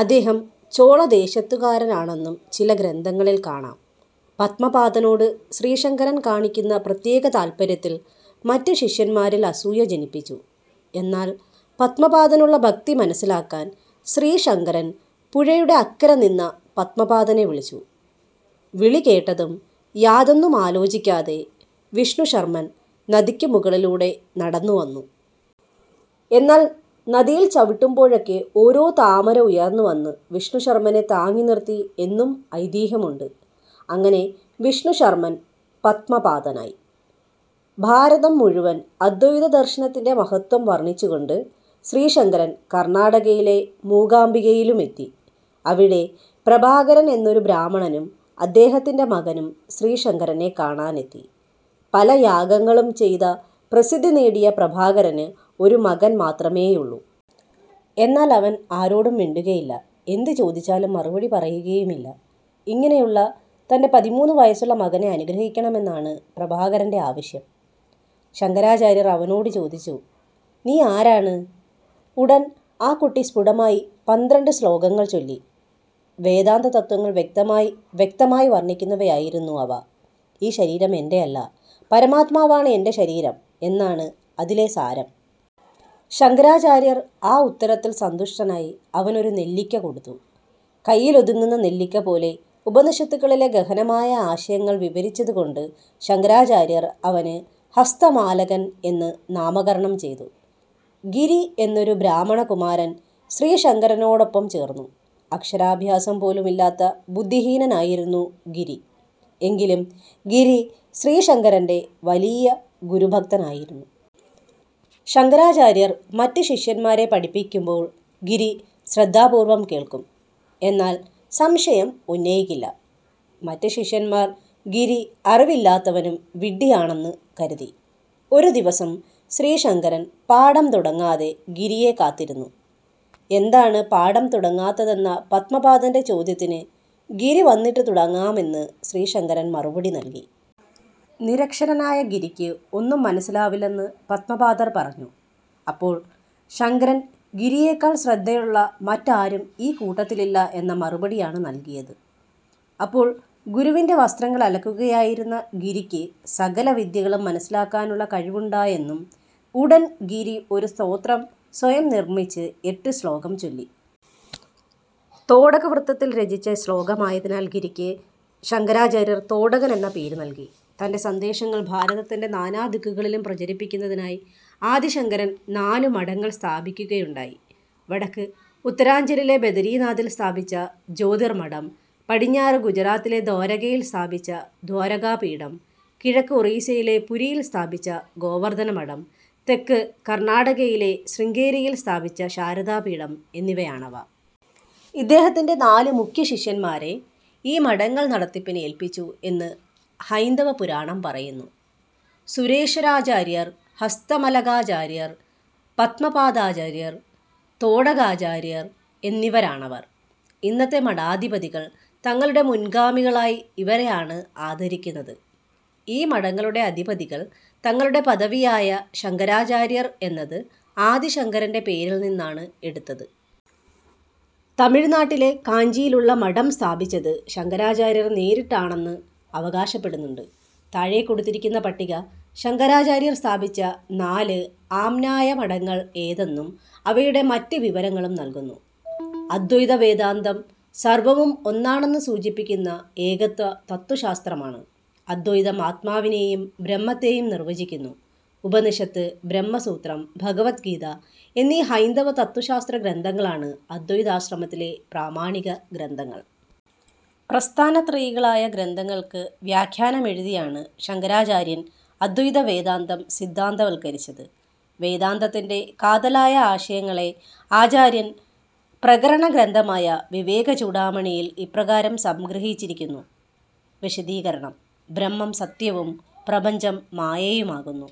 അദ്ദേഹം ചോള ദേശത്തുകാരനാണെന്നും ചില ഗ്രന്ഥങ്ങളിൽ കാണാം. പദ്മപാദനോട് ശ്രീശങ്കരൻ കാണിക്കുന്ന പ്രത്യേക താല്പര്യത്തിൽ മറ്റ് ശിഷ്യന്മാരിൽ അസൂയ ജനിപ്പിച്ചു. എന്നാൽ പദ്മപാദനുള്ള ഭക്തി മനസ്സിലാക്കാൻ ശ്രീശങ്കരൻ പുഴയുടെ അക്കരെ നിന്ന പദ്മപാദനെ വിളിച്ചു. വിളി കേട്ടതും യാതൊന്നും ആലോചിക്കാതെ വിഷ്ണുശർമ്മൻ നദിക്ക് മുകളിലൂടെ നടന്ന് വന്നു. എന്നാൽ നദിയിൽ ചവിട്ടുമ്പോഴൊക്കെ ഓരോ താമര ഉയർന്ന് വന്ന് വിഷ്ണുശർമ്മനെ താങ്ങി നിർത്തി എന്നും ഐതിഹ്യമുണ്ട്. അങ്ങനെ വിഷ്ണുശർമ്മൻ പദ്മപാദനായി. ഭാരതം മുഴുവൻ അദ്വൈതദർശനത്തിന്റെ മഹത്ത്വം വർണ്ണിച്ചു കൊണ്ട് ശ്രീശങ്കരൻ കർണ്ണാടകയിലെ മൂകാംബികയിലുമെത്തി. അവിടെ പ്രഭാകരൻ എന്നൊരു ബ്രാഹ്മണനും അദ്ദേഹത്തിന്റെ മകനും ശ്രീശങ്കരനെ കാണാനെത്തി. പല യാഗങ്ങളും ചെയ്ത പ്രസിദ്ധി നേടിയ പ്രഭാകരന് ഒരു മകൻ മാത്രമേയുള്ളു. എന്നാൽ അവൻ ആരോടും മിണ്ടുകയില്ല; എന്ത് ചോദിച്ചാലും മറുപടി പറയുകയുമില്ല. ഇങ്ങനെയുള്ള തന്റെ പതിമൂന്ന് വയസ്സുള്ള മകനെ അനുഗ്രഹിക്കണമെന്നാണ് പ്രഭാകരന്റെ ആവശ്യം. ശങ്കരാചാര്യർ അവനോട് ചോദിച്ചു "നീ ആരാണ്? " ഉടൻ ആ കുട്ടി സ്ഫുടമായി പന്ത്രണ്ട് ശ്ലോകങ്ങൾ ചൊല്ലി. വേദാന്തതത്ത്വങ്ങൾ വ്യക്തമായി വ്യക്തമായി വർണ്ണിക്കുന്നവയായിരുന്നു അവ ഈ ശരീരം എന്റെയല്ല പരമാത്മാവാണ് എന്റെ ശരീരം എന്നാണ് അതിലെ സാരം. ശങ്കരാചാര്യർ ആ ഉത്തരത്തിൽ സന്തുഷ്ടനായി അവനൊരു നെല്ലിക്ക കൊടുത്തു. കൈയിലൊതുങ്ങുന്ന നെല്ലിക്ക പോലെ ഉപനിഷത്തുകളിലെ ഗഹനമായ ആശയങ്ങൾ വിവരിച്ചതു കൊണ്ട് ശങ്കരാചാര്യർ അവന് ഹസ്തമാലകൻ എന്ന് നാമകരണം ചെയ്തു. ഗിരി എന്നൊരു ബ്രാഹ്മണകുമാരൻ ശ്രീശങ്കരനോടൊപ്പം ചേർന്നു. അക്ഷരാഭ്യാസം പോലുമില്ലാത്ത ബുദ്ധിഹീനനായിരുന്നു ഗിരി. എങ്കിലും ഗിരി ശ്രീശങ്കരന്റെ വലിയ ഗുരു ഭക്തനായിരുന്നു. ശങ്കരാചാര്യർ മറ്റ് ശിഷ്യന്മാരെ പഠിപ്പിക്കുമ്പോൾ ഗിരി ശ്രദ്ധാപൂർവം കേൾക്കും. എന്നാൽ സംശയം ഉന്നയിക്കില്ല. മറ്റ് ശിഷ്യന്മാർ ഗിരി അറിവില്ലാത്തവനും വിഡ്ഢിയാണെന്ന് കരുതി. ഒരു ദിവസം ശ്രീശങ്കരൻ പാഠം തുടങ്ങാതെ ഗിരിയെ കാത്തിരുന്നു. എന്താണ് പാഠം തുടങ്ങാത്തതെന്ന പദ്മപാദന്റെ ചോദ്യത്തിന് ഗിരി വന്നിട്ട് തുടങ്ങാമെന്ന് ശ്രീശങ്കരൻ മറുപടി നൽകി. നിരക്ഷരനായ ഗിരിക്ക് ഒന്നും മനസ്സിലാവില്ലെന്ന് പദ്മപാദർ പറഞ്ഞു. അപ്പോൾ ശങ്കരൻ ഗിരിയേക്കാൾ ശ്രദ്ധയുള്ള മറ്റാരും ഈ കൂട്ടത്തിലില്ല എന്ന മറുപടിയാണ് നൽകിയത്. അപ്പോൾ ഗുരുവിന്റെ വസ്ത്രങ്ങൾ അലക്കുകയായിരുന്ന ഗിരിക്ക് സകലവിദ്യകളും മനസ്സിലാക്കാനുള്ള കഴിവുണ്ടായെന്നും ഉടൻ ഗിരി ഒരു സ്തോത്രം സ്വയം നിർമ്മിച്ച് എട്ട് ശ്ലോകം ചൊല്ലി. തോടകവൃത്തത്തിൽ രചിച്ച ശ്ലോകമായതിനാൽ ഗിരിക്ക് ശങ്കരാചാര്യർ തോടകൻ എന്ന പേര് നൽകി. തന്റെ സന്ദേശങ്ങൾ ഭാരതത്തിന്റെ നാനാദിക്കുകളിലും പ്രചരിപ്പിക്കുന്നതിനായി ആദിശങ്കരൻ നാലു മഠങ്ങൾ സ്ഥാപിക്കുകയുണ്ടായി. വടക്ക് ഉത്തരാഞ്ചലിലെ ബദരിനാഥിൽ സ്ഥാപിച്ച ജ്യോതിർമഠം, പടിഞ്ഞാറ് ഗുജറാത്തിലെ ദ്വാരകയിൽ സ്ഥാപിച്ച ദ്വാരകാപീഠം, കിഴക്ക് ഒറീസ്സയിലെപുരിയിൽ സ്ഥാപിച്ച ഗോവർദ്ധനമഠം, തെക്ക് കർണാടകയിലെ ശൃംഗേരിയിൽ സ്ഥാപിച്ച ശാരദാപീഠം എന്നിവയാണവ. ഇദ്ദേഹത്തിന്റെ നാലു മുഖ്യ ശിഷ്യന്മാരെ ഈ മഠങ്ങൾ നടത്തിപ്പിന് ഏൽപ്പിച്ചു എന്ന് ഹൈന്ദവ പുരാണം പറയുന്നു. സുരേശ്വരാചാര്യർ, ഹസ്താമലകാചാര്യർ, പദ്മപാദാചാര്യർ തോടകാചാര്യർ എന്നിവരാണവർ. ഇന്നത്തെ മഠാധിപതികൾ തങ്ങളുടെ മുൻഗാമികളായി ഇവരെയാണ് ആദരിക്കുന്നത്. ഈ മഠങ്ങളുടെ അധിപതികൾ തങ്ങളുടെ പദവിയായ ശങ്കരാചാര്യർ എന്നത് ആദിശങ്കരന്റെ പേരിൽ നിന്നാണ് എടുത്തത്. തമിഴ്നാട്ടിലെ കാഞ്ചിയിലുള്ള മഠം സ്ഥാപിച്ചത് ശങ്കരാചാര്യർ നേരിട്ടാണെന്ന് അവകാശപ്പെടുന്നുണ്ട്. താഴെക്കൊടുത്തിരിക്കുന്ന പട്ടിക, ശങ്കരാചാര്യർ സ്ഥാപിച്ച നാലു ആമ്നായ മഠങ്ങൾ ഏതെന്നും അവയുടെ മറ്റ് വിവരങ്ങളും നൽകുന്നു. അദ്വൈതവേദാന്തം സർവ്വവും ഒന്നാണെന്നു സൂചിപ്പിക്കുന്ന ഏകത്വ തത്ത്വശാസ്ത്രമാണു്. അദ്വൈതം ആത്മാവിനേയും ബ്രഹ്മത്തേയും നിർവചിക്കുന്നു. ഉപനിഷത്ത്, ബ്രഹ്മസൂത്രം, ഭഗവദ്ഗീത എന്നീ ഹൈന്ദവ തത്ത്വശാസ്ത്രഗ്രന്ഥങ്ങളാണു് അദ്വൈതാശ്രമത്തിലെ പ്രാമാണിക ഗ്രന്ഥങ്ങൾ. പ്രസ്ഥാനത്രയികളായ ഗ്രന്ഥങ്ങൾക്കു വ്യാഖ്യാനമെഴുതിയാണു ശങ്കരാചാര്യൻ അദ്വൈതവേദാന്തം സിദ്ധാന്തവൽക്കരിച്ചതു്. വേദാന്തത്തിന്റെ കാതലായ ആശയങ്ങളെ ആചാര്യൻ പ്രകരണഗ്രന്ഥമായ വിവേകചൂഡാമണിയിൽ ഇപ്രകാരം സംഗ്രഹിച്ചിരിക്കുന്നു: വിശദീകരണം: ബ്രഹ്മം സത്യവും, പ്രപഞ്ചം മായയുമാകുന്നു,